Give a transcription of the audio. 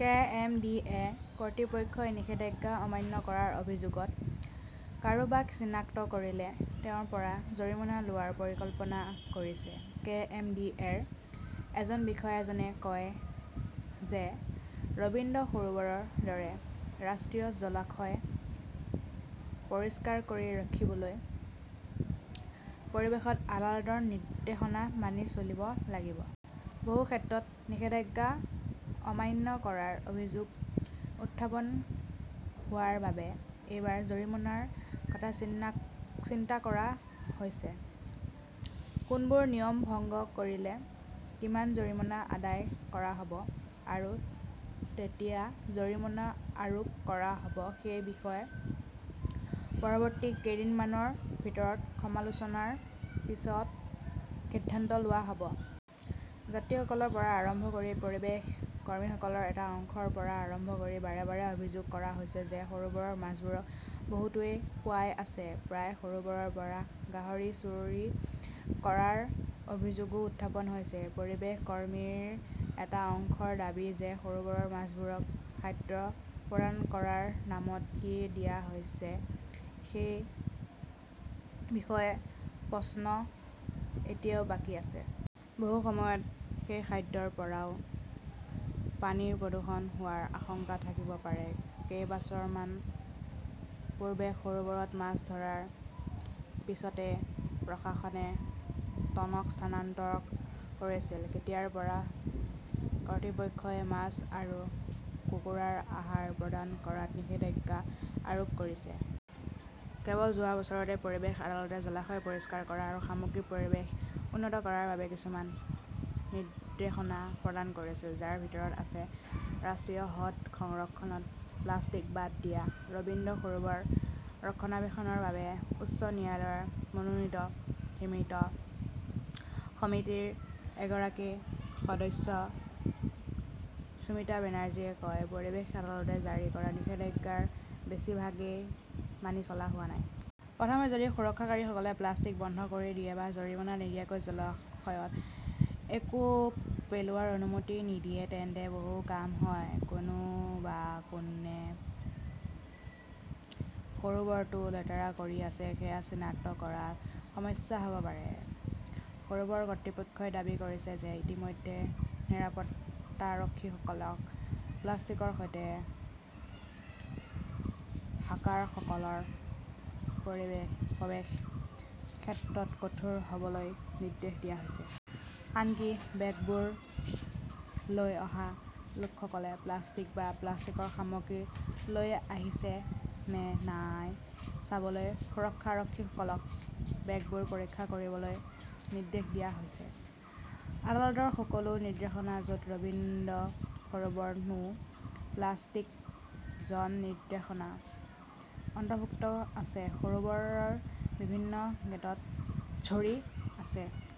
K. M. D. A. কৰ্তৃপক্ষই নিষেধাজ্ঞা অমান্য কৰাৰ অভিযোগত কাৰোবাক চিনাক্ত কৰিলে তেওঁৰ পৰা জৰিমনা লোৱাৰ পৰিকল্পনা কৰিছে। কে. এম. ডি. এ. ৰ এজন বিষয়াজনে কয় যে ৰবীন্দ্ৰ সৰোবৰৰ দৰে ৰাষ্ট্ৰীয় জলাশয় পৰিষ্কাৰ কৰি ৰাখিবলৈ পৰিৱেশত আদালতৰ নিৰ্দেশনা মানি চলিব লাগিব। বহু ক্ষেত্ৰত নিষেধাজ্ঞা অমান্য কৰাৰ অভিযোগ উত্থাপন হোৱাৰ বাবে এইবাৰ জৰিমনাৰ কথা চিন্তা কৰা হৈছে। কোনবোৰ নিয়ম ভংগ কৰিলে কিমান জৰিমনা আদায় কৰা হ'ব আৰু কেতিয়া জৰিমনা আৰোপ কৰা হ'ব সেই বিষয়ে পৰৱৰ্তী কেইদিনমানৰ ভিতৰত আলোচনাৰ পিছত সিদ্ধান্ত লোৱা হ'ব। যাত্ৰীসকলৰ পৰা আৰম্ভ কৰি পৰিৱেশ কৰ্মীসকলৰ এটা অংশৰ পৰা আৰম্ভ কৰি বাৰে বাৰে অভিযোগ কৰা হৈছে যে সৰোবৰৰ মাছবোৰক বহুতোৱে খুৱাই আছে। প্ৰায়ে সৰোবৰৰ পৰা গাহৰি চুৰি কৰাৰ অভিযোগও উত্থাপন হৈছে। পৰিৱেশ কৰ্মীৰ এটা অংশৰ দাবী যে সৰোবৰৰ মাছবোৰক খাদ্য প্ৰদান কৰাৰ নামত কি দিয়া হৈছে সেই বিষয়ে প্ৰশ্ন এতিয়াও বাকী আছে। বহু সময়ত সেই খাদ্যৰ পৰাও পানীৰ প্ৰদূষণ হোৱাৰ আশংকা থাকিব পাৰে। কেইবছৰমান পূৰ্বে সৰোবৰত মাছ ধৰাৰ পিছতে প্ৰশাসনে টনক স্থানান্তৰ কৰিছিল। তেতিয়াৰ পৰা কৰ্তৃপক্ষই মাছ আৰু কুকুৰাৰ আহাৰ প্ৰদান কৰাত নিষেধাজ্ঞা আৰোপ কৰিছে। কেৱল যোৱা বছৰতে পৰিৱেশ আদালতে জলাশয় পৰিষ্কাৰ কৰা আৰু সামগ্ৰিক পৰিৱেশ উন্নত কৰাৰ বাবে কিছুমান নিৰ্দেশনা প্ৰদান কৰিছিল, যাৰ ভিতৰত আছে ৰাষ্ট্ৰীয় হ্ৰদ সংৰক্ষণত প্লাষ্টিক বাদ দিয়া। ৰবীন্দ্ৰ সৰোবৰ ৰক্ষণাবেক্ষণৰ বাবে উচ্চ ন্যায়ালয়ৰ মনোনীত সমিতিৰ এগৰাকী সদস্য সুমিতা বেনাৰ্জীয়ে কয়, পৰিৱেশ আদালতে জাৰি কৰা নিষেধাজ্ঞাৰ বেছিভাগই মানি চলা হোৱা নাই। প্ৰথমে যদি সুৰক্ষকাৰীসকলে প্লাষ্টিক বন্ধ কৰি দিয়ে বা জৰিমনা নিদিয়াকৈ জলাশয়ত একো পেলোৱাৰ অনুমতি নিদিয়ে, তেন্তে বহুত কাম হয়। কোনে বা কোনে সৰোবৰটো লেতেৰা কৰি আছে সেয়া চিনাক্ত কৰাত সমস্যা হ'ব পাৰে। সৰুবৰ কৰ্তৃপক্ষই দাবী কৰিছে যে ইতিমধ্যে নিৰাপত্তাৰক্ষীসকলক প্লাষ্টিকৰ সৈতে হাকাৰসকলৰ প্ৰৱেশৰ ক্ষেত্ৰত কঠোৰ হ'বলৈ নিৰ্দেশ দিয়া হৈছে। আনকি বেগবোৰ লৈ অহা লোকসকলে প্লাষ্টিক বা প্লাষ্টিকৰ সামগ্ৰী লৈ আহিছে নে নাই চাবলৈ সুৰক্ষাৰক্ষীসকলক বেগবোৰ পৰীক্ষা কৰিবলৈ নিৰ্দেশ দিয়া হৈছে। আদালতৰ সকলো নিৰ্দেশনা, য'ত ৰবীন্দ্ৰ সৰোবৰ নো প্লাষ্টিক জন নিৰ্দেশনা অন্তৰ্ভুক্ত আছে, সৰোবৰৰ বিভিন্ন গেটত ঝুৰি আছে।